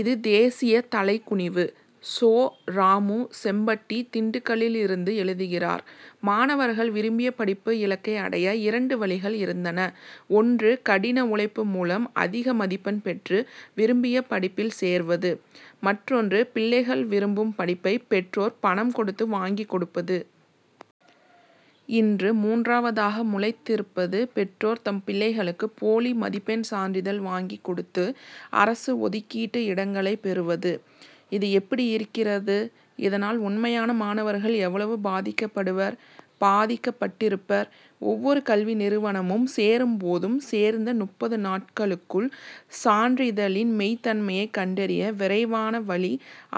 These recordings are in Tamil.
இது தேசிய தலைகுனிவு! சோ. ராமு, செம்பட்டி, திண்டுக்கலிலிருந்து எழுதுகிறார் மாணவர்கள் விரும்பிய படிப்பு இலக்கை அடைய, இரண்டு வழிகள் இருந்தன. ஒன்று, கடின உழைப்பு மூலம் அதிக மதிப்பெண் பெற்று, விரும்பிய படிப்பில் சேர்வது, மற்றொன்று, பிள்ளைகள் விரும்பும் படிப்பை, பெற்றோர் பணம் கொடுத்து வாங்கிக் கொடுப்பது. இன்று மூன்றாவதாக முளைத்திருப்பது, பெற்றோர் தம் பிள்ளைகளுக்கு போலி மதிப்பெண் சான்றிதழ் வாங்கிக் கொடுத்து, அரசு ஒதுக்கீட்டு இடங்களைப் பெறுவது. இது எப்படி இருக்கிறது? இதனால், உண்மையான மாணவர்கள் எவ்வளவு பாதிக்கப்படுவர், பாதிக்கப்பட்டிருப்பர். ஒவ்வொரு கல்வி நிறுவனமும், சேரும் போதும், சேர்ந்த முப்பது நாட்களுக்குள், சான்றிதழின் மெய்தன்மையை கண்டறிய விரைவான வழி,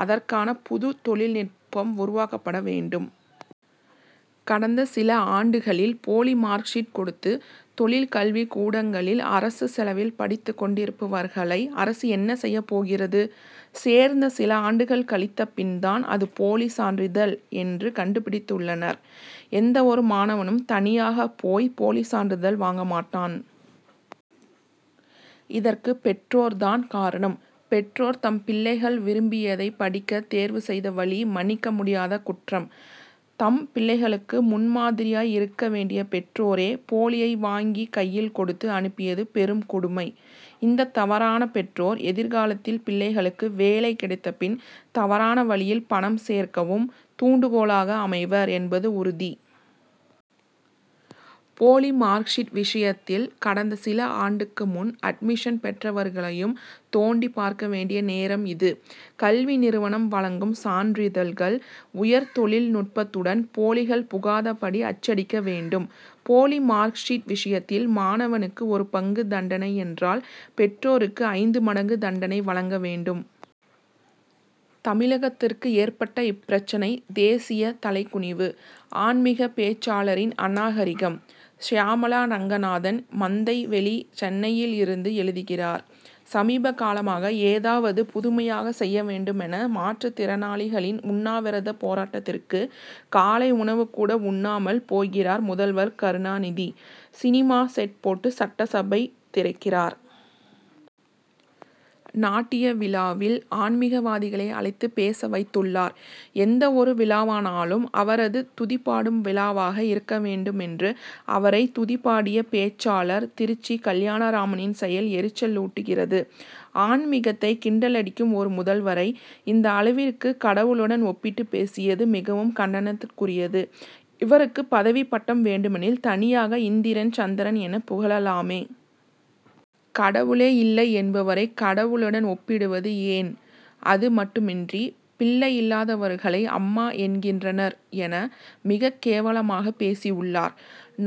அதற்கான புது தொழில்நிட்பம் உருவாக்கப்பட வேண்டும். கடந்த சில ஆண்டுகளில், போலி மார்க் ஷீட் கொடுத்து, தொழில் கல்விக் கூடங்களில் அரசு செலவில் படித்துக் கொண்டிருப்பவர்களை, அரசு என்ன செய்யப் போகிறது? சேர்ந்த சில ஆண்டுகள் கழித்த பின் தான், அது போலி சான்றிதழ் என்று கண்டுபிடித்துள்ளனர். எந்தவொரு மாணவனும், தனியாகப் போய் போலிச் சான்றிதழ் வாங்க மாட்டான். இதற்கு பெற்றோர் தான் காரணம். பெற்றோர் தம் பிள்ளைகள் விரும்பியதைப் படிக்க தேர்வு செய்த வழி, மன்னிக்க முடியாத குற்றம். தம் பிள்ளைகளுக்கு முன் மாதிரியாய் இருக்க வேண்டிய பெற்றோரே, போலியை வாங்கி கையில் கொடுத்து அனுப்பியது பெரும் கொடுமை. இந்த தவறான பெற்றோர், எதிர்காலத்தில் பிள்ளைகளுக்கு வேலை கிடைத்த பின், தவறான வழியில் பணம் சேர்க்கவும் தூண்டுகோலாக அமைவர் என்பது உறுதி. போலி மார்க் ஷீட் விஷயத்தில், கடந்த சில ஆண்டுக்கு முன் அட்மிஷன் பெற்றவர்களையும் தோண்டிப் பார்க்க வேண்டிய நேரம் இது. கல்வி நிறுவனம் வழங்கும் சான்றிதழ்கள், உயர் தொழில் நுட்பத்துடன், போலிகள் புகாதபடி அச்சடிக்க வேண்டும். போலி மார்க் ஷீட் விஷயத்தில், மாணவனுக்கு ஒரு பங்கு தண்டனையென்றால், பெற்றோருக்கு ஐந்து மடங்கு தண்டனை வழங்க வேண்டும். தமிழகத்திற்கு ஏற்பட்ட இப்பிரச்னை, தேசிய தலைகுனிவு. ஆன்மிக பேச்சாளரின் அநாகரிகம்! சியாமளா ரங்கநாதன், மந்தைவெளி, சென்னையிலிருந்து எழுதுகிறார் சமீபகாலமாக, ஏதாவது புதுமையாக செய்ய வேண்டுமென, மாற்றுத் திறனாளிகளின் உண்ணாவிரத போராட்டத்திற்கு, காலை உணவுக்கூட உண்ணாமல் போகிறார் முதல்வர் கருணாநிதி. சினிமா, செட் போட்டு சட்டசபை திறக்கிறார். நாட்டிய விழாவில், ஆன்மிகவாதிகளை அழைத்து பேச வைத்துள்ளார். எந்த ஒரு விழாவானாலும், அவரது துதிபாடும் விழாவாக இருக்க வேண்டுமென்று, அவரை துதிபாடிய பேச்சாளர் திருச்சி கல்யாணராமனின் செயல் எரிச்சலூட்டுகிறது. ஆன்மிகத்தை கிண்டலடிக்கும் ஒரு முதல்வரை, இந்த அளவிற்கு கடவுளுடன் ஒப்பிட்டு பேசியது, மிகவும் கண்டனத்திற்குரியது. இவருக்கு பதவி, பட்டம் வேண்டுமெனில், தனியாக இந்திரன், சந்திரன் எனப் புகழலாமே! கடவுளே இல்லை என்பவரை, கடவுளுடன் ஒப்பிடுவது ஏன்? அது மட்டுமின்றி, பிள்ளை இல்லாதவர்களை அம்மா என்கின்றனர் என, மிக கேவலமாக பேசியுள்ளார்.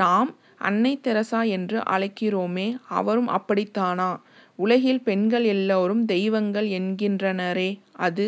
நாம், அன்னை தெரசா என்று அழைக்கிறோமே, அவரும் அப்படித் தானா? உலகில் பெண்கள் எல்லோரும் தெய்வங்கள் என்கின்றனரே, அது